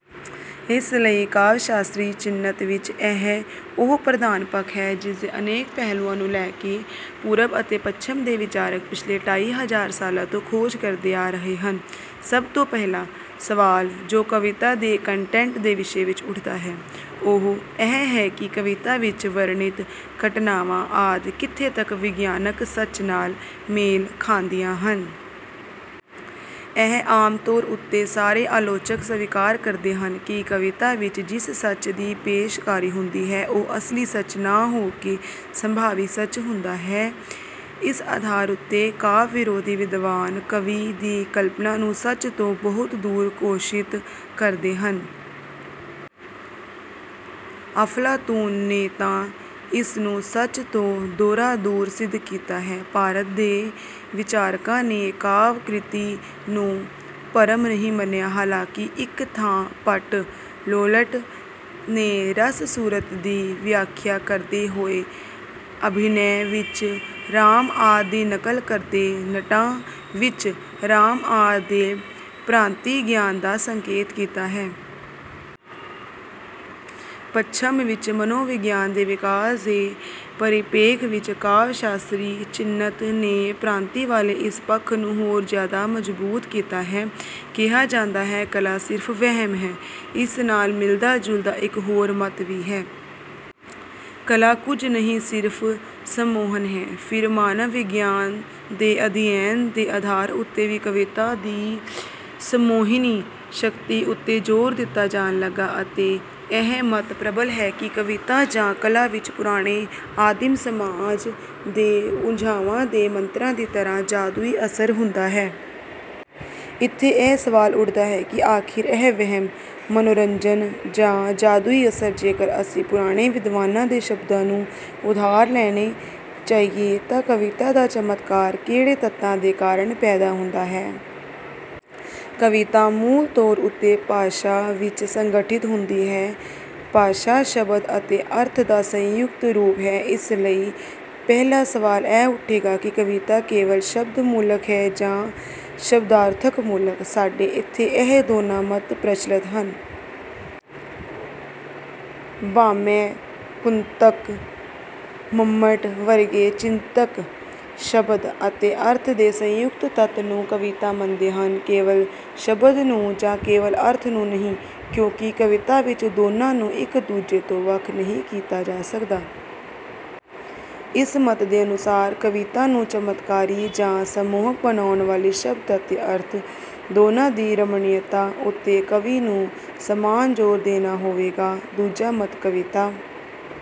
ਇਸ ਲਈ ਕਾਵਿ ਸ਼ਾਸਤਰੀ ਚਿੰਤਨ ਵਿੱਚ ਇਹ ਉਹ ਪ੍ਰਧਾਨ ਪੱਖ ਹੈ ਜਿਸਦੇ ਅਨੇਕ ਪਹਿਲੂਆਂ ਨੂੰ ਲੈ ਕੇ ਪੂਰਬ ਅਤੇ ਪੱਛਮ ਦੇ ਵਿਚਾਰਕ ਪਿਛਲੇ ਢਾਈ ਹਜ਼ਾਰ ਸਾਲਾਂ ਤੋਂ ਖੋਜ ਕਰਦੇ ਆ ਰਹੇ ਹਨ। ਸਭ ਤੋਂ ਪਹਿਲਾ ਸਵਾਲ ਜੋ ਕਵਿਤਾ ਦੇ ਕੰਟੈਂਟ ਦੇ ਵਿਸ਼ੇ ਵਿੱਚ ਉੱਠਦਾ ਹੈ, ਉਹ ਇਹ ਹੈ ਕਿ ਕਵਿਤਾ ਵਿੱਚ ਵਰਣਿਤ ਘਟਨਾਵਾਂ ਆਦਿ ਕਿੱਥੇ ਤੱਕ ਵਿਗਿਆਨਕ ਸੱਚ ਨਾਲ ਮੇਲ ਖਾਂਦੀਆਂ ਹਨ। ਇਹ ਆਮ ਤੌਰ ਉੱਤੇ ਸਾਰੇ ਆਲੋਚਕ ਸਵੀਕਾਰ ਕਰਦੇ ਹਨ ਕਿ ਕਵਿਤਾ ਵਿੱਚ ਜਿਸ ਸੱਚ ਦੀ ਪੇਸ਼ਕਾਰੀ ਹੁੰਦੀ ਹੈ, ਉਹ ਅਸਲੀ ਸੱਚ ਨਾ ਹੋ ਕੇ ਸੰਭਾਵੀ ਸੱਚ ਹੁੰਦਾ ਹੈ। ਇਸ ਆਧਾਰ ਉੱਤੇ ਕਾਵਿ ਵਿਰੋਧੀ ਵਿਦਵਾਨ ਕਵੀ ਦੀ ਕਲਪਨਾ ਨੂੰ ਸੱਚ ਤੋਂ ਬਹੁਤ ਦੂਰ ਘੋਸ਼ਿਤ ਕਰਦੇ ਹਨ। ਅਫਲਾਤੂਨ ਨੇ ਤਾਂ ਇਸਨੂੰ ਸੱਚ ਤੋਂ ਦੂਹਰਾ ਦੂਰ ਸਿੱਧ ਕੀਤਾ ਹੈ। ਭਾਰਤ ਦੇ ਵਿਚਾਰਕਾਂ ਨੇ ਕਾਵਿ ਕ੍ਰਿਤੀ ਨੂੰ ਭਰਮ ਨਹੀਂ ਮੰਨਿਆ, ਹਾਲਾਂਕਿ ਇੱਕ ਥਾਂ ਭੱਟ ਲੋੱਲਟ ਨੇ ਰਸ ਸੂਤਰ ਦੀ ਵਿਆਖਿਆ ਕਰਦੇ ਹੋਏ ਅਭਿਨੈ ਵਿੱਚ ਰਾਮ ਆਦਿ ਦੀ ਨਕਲ ਕਰਦੇ ਨਟਾਂ ਵਿੱਚ ਰਾਮ ਆਦਿ ਦੇ ਭ੍ਰਾਂਤੀਗਿਆਨ ਦਾ ਸੰਕੇਤ ਕੀਤਾ ਹੈ। ਪੱਛਮ ਵਿੱਚ ਮਨੋਵਿਗਿਆਨ ਦੇ ਵਿਕਾਸ ਦੇ ਪਰਿਪੇਖ ਵਿੱਚ ਕਾਵਿ ਸ਼ਾਸਤਰੀ ਚਿੰਤਨ ਨੇ ਭ੍ਰਾਂਤੀਵਾਲੇ ਇਸ ਪੱਖ ਨੂੰ ਹੋਰ ਜ਼ਿਆਦਾ ਮਜ਼ਬੂਤ ਕੀਤਾ ਹੈ। ਕਿਹਾ ਜਾਂਦਾ ਹੈ, ਕਲਾ ਸਿਰਫ ਵਹਿਮ ਹੈ। ਇਸ ਨਾਲ ਮਿਲਦਾ ਜੁਲਦਾ ਇੱਕ ਹੋਰ ਮਤ ਵੀ ਹੈ। ਕਲਾ ਕੁੱਝ ਨਹੀਂ ਸਿਰਫ਼ ਸੰਮੋਹਨ ਹੈ। ਫਿਰ ਮਾਨਵ ਵਿਗਿਆਨ ਦੇ ਅਧਿਐਨ ਦੇ ਆਧਾਰ ਉੱਤੇ ਵੀ ਕਵਿਤਾ ਦੀ ਸੰਮੋਹਿਨੀ ਸ਼ਕਤੀ ਉੱਤੇ ਜ਼ੋਰ ਦਿੱਤਾ ਜਾਣ ਲੱਗਾ ਹੈ ਅਤੇ ਇਹ ਮਤ ਪ੍ਰਬਲ ਹੈ ਕਿ ਕਵਿਤਾ ਜਾਂ ਕਲਾ ਵਿੱਚ ਪੁਰਾਣੇ ਆਦਿਮ ਸਮਾਜ ਦੇ ਓਝਾਵਾਂ ਦੇ ਮੰਤਰਾਂ ਦੀ ਤਰ੍ਹਾਂ ਜਾਦੂਈ ਅਸਰ ਹੁੰਦਾ ਹੈ। ਇੱਥੇ ਇਹ ਸਵਾਲ ਉੱਠਦਾ ਹੈ ਕਿ ਆਖਿਰ ਇਹ ਵਹਿਮ, ਸੰਮੋਹਨ ਜਾਂ ਜਾਦੂਈ ਅਸਰ, ਜੇਕਰ ਅਸੀਂ ਪੁਰਾਣੇ ਵਿਦਵਾਨਾਂ ਦੇ ਸ਼ਬਦ ਨੂੰ ਉਧਾਰ ਲੈਣਾ ਚਾਹੀਏ ਤਾਂ ਕਵਿਤਾ ਦਾ ਚਮਤਕਾਰ, ਕਿਹੜੇ ਤੱਤਾਂ ਦੇ ਕਾਰਨ ਪੈਦਾ ਹੁੰਦਾ ਹੈ। ਕਵਿਤਾ ਮੂਲ ਤੌਰ ਉੱਤੇ ਭਾਸ਼ਾ ਵਿੱਚ ਸੰਗਠਿਤ ਹੁੰਦੀ ਹੈ। ਭਾਸ਼ਾ ਸ਼ਬਦ ਅਤੇ ਅਰਥ ਦਾ ਸੰਯੁਕਤ ਰੂਪ ਹੈ। ਇਸ ਲਈ ਪਹਿਲਾ ਸਵਾਲ ਇਹ ਉੱਠੇਗਾ ਕਿ ਕਵਿਤਾ ਕੇਵਲ ਸ਼ਬਦਮੂਲਕ ਹੈ ਜਾਂ ਸ਼ਬਦਾਰਥਮੂਲਕ। ਸਾਡੇ ਇੱਥੇ ਇਹ ਦੋਨਾਂ ਮਤ ਪ੍ਰਚੱਲਤ ਹਨ। ਭਾਮਹ, ਕੁੰਤਕ, ਮੰਮਟ ਵਰਗੇ ਚਿੰਤਕ ਸ਼ਬਦ ਅਤੇ ਅਰਥ ਦੇ ਸੰਯੁਕਤ ਤੱਤ ਨੂੰ ਕਵਿਤਾ ਮੰਨਦੇ ਹਨ, ਕੇਵਲ ਸ਼ਬਦ ਨੂੰ ਜਾਂ ਕੇਵਲ ਅਰਥ ਨੂੰ ਨਹੀਂ, ਕਿਉਂਕਿ ਕਵਿਤਾ ਵਿੱਚ ਦੋਨਾਂ ਨੂੰ ਇੱਕ ਦੂਜੇ ਤੋਂ ਵੱਖ ਨਹੀਂ ਕੀਤਾ ਜਾ ਸਕਦਾ। ਇਸ ਮਤ ਦੇ ਅਨੁਸਾਰ ਕਵਿਤਾ ਨੂੰ ਚਮਤਕਾਰੀ ਜਾਂ ਸੰਮੋਹਕ ਬਣਾਉਣ ਲਈ ਸ਼ਬਦ ਅਤੇ ਅਰਥ ਦੋਨਾਂ ਦੀ ਰਮਣੀਅਤਾ ਉੱਤੇ ਕਵੀ ਨੂੰ ਸਮਾਨ ਜ਼ੋਰ ਦੇਣਾ ਹੋਵੇਗਾ। ਦੂਜਾ ਮਤ ਕਵਿਤਾ